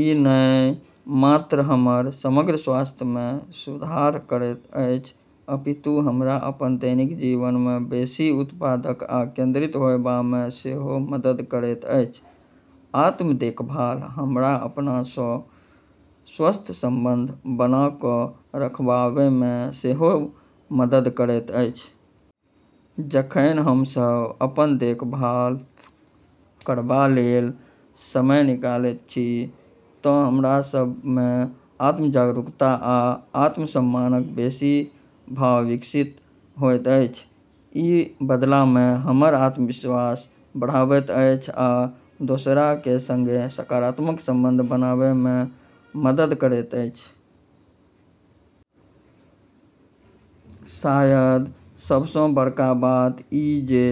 ई नहि मात्र हमर समग्र स्वास्थ्य मे सुधार करैत अछि, अपितु हमरा अपन दैनिक जीवन मे बेसी उत्पादक आ केंद्रित होएबामे सेहो मदद करैत अछि। आत्म-देखभाल हमरा अपना सँ स्वस्थ संबंध बना कऽ रखबामे सेहो मदद करैत अछि। जखन हम सभ अपन देखभाल करबा लेल समय निकालैत छी तँ हमरा सभ मे आत्म-जागरूकता आ आत्मसम्मानक बेसी भाव विकसित होइत अछि। ई बदला मे हमर आत्मविश्वास बढ़ाबैत अछि आ दोसरा केँ संगे सकारात्मक संबंध बनाबामे मदद करैत अछि। शायद सबसँ बड़का बात ई जे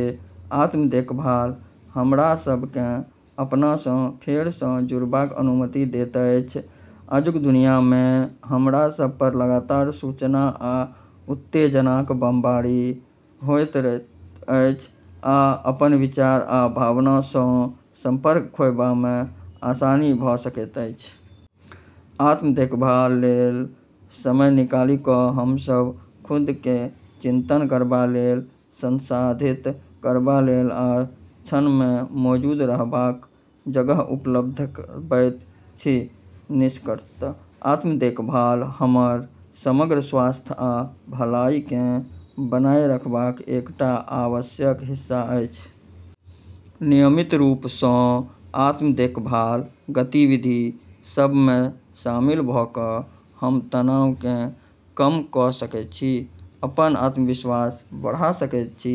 आत्म-देखभाल हमरा सभ केँ अपना सँ फेर सँ जुड़बाक अनुमति दैत अछि। आजुक दुनिया मे हमरा सभ पर लगातार सूचना आ उत्तेजनाक बमबारी होइत रहैत अछि, आ अपन विचार आ भावना सँ संपर्क खोएबामे आसानी भऽ सकैत अछि। आत्म-देखभाल लेल समय निकालि कऽ हम सब खुद केँ चिंतन करबा लेल, संसाधित करबा लेल आ क्षण मे मौजूद रहबाक जगह उपलब्ध करबैत छी। निष्कर्षतः, आत्म-देखभाल हमर समग्र स्वास्थ्य आ भलाइ केँ बनाए रखबाक एकटा आवश्यक हिस्सा अछि। नियमित रूप सँ आत्म-देखभाल गतिविधि सभ मे शामिल भऽ कऽ हम तनाव केँ कम कइ सकैत छी, अपन आत्मविश्वास बढ़ा सकैत छी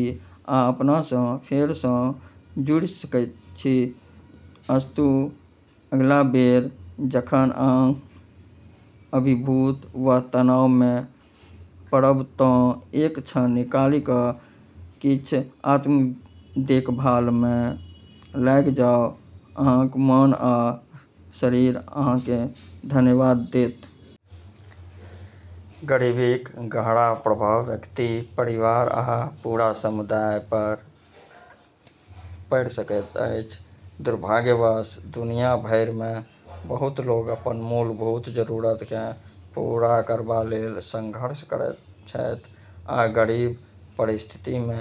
आ अपना सँ फेर सँ जुड़ि सकैत छी। अस्तु अगिला बेर जखन अहाँ अभिभूत वा तनाव मे पड़ब तँ एक क्षण निकालि कऽ किछु आत्म-देखभाल मे लागि जाउ - अहाँक मोन आ शरीर अहाँ केँ धन्यवाद देत। गरीबीक गहरा प्रभाव व्यक्ति, परिवार आ पूरा समुदाय पर पड़ि सकैत अछि। दुर्भाग्यवश दुनिया भरि मे बहुत लोक अपन मूलभूत जरूरत केँ पूरा करबा लेल संघर्ष करैत छथि आ गरीब परिस्थिति मे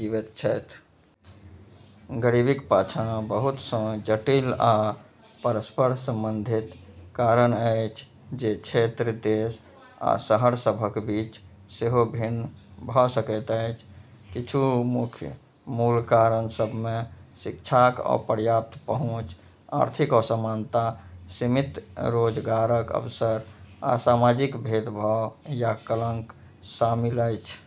जीबैत छथि। गरीबीक पाछाँ बहुत सँ जटिल आ परस्पर संबंधित कारण अछि जे क्षेत्र, देश, आ शहर सभक बीच सेहो भिन्न भऽ सकैत अछि। किछु मुख्य मूल कारण सभ मे शिक्षाक अपर्याप्त पहुँच, आर्थिक असमानता, सीमित रोजगारक अवसर, आ सामाजिक भेदभाव या कलंक शामिल अछि।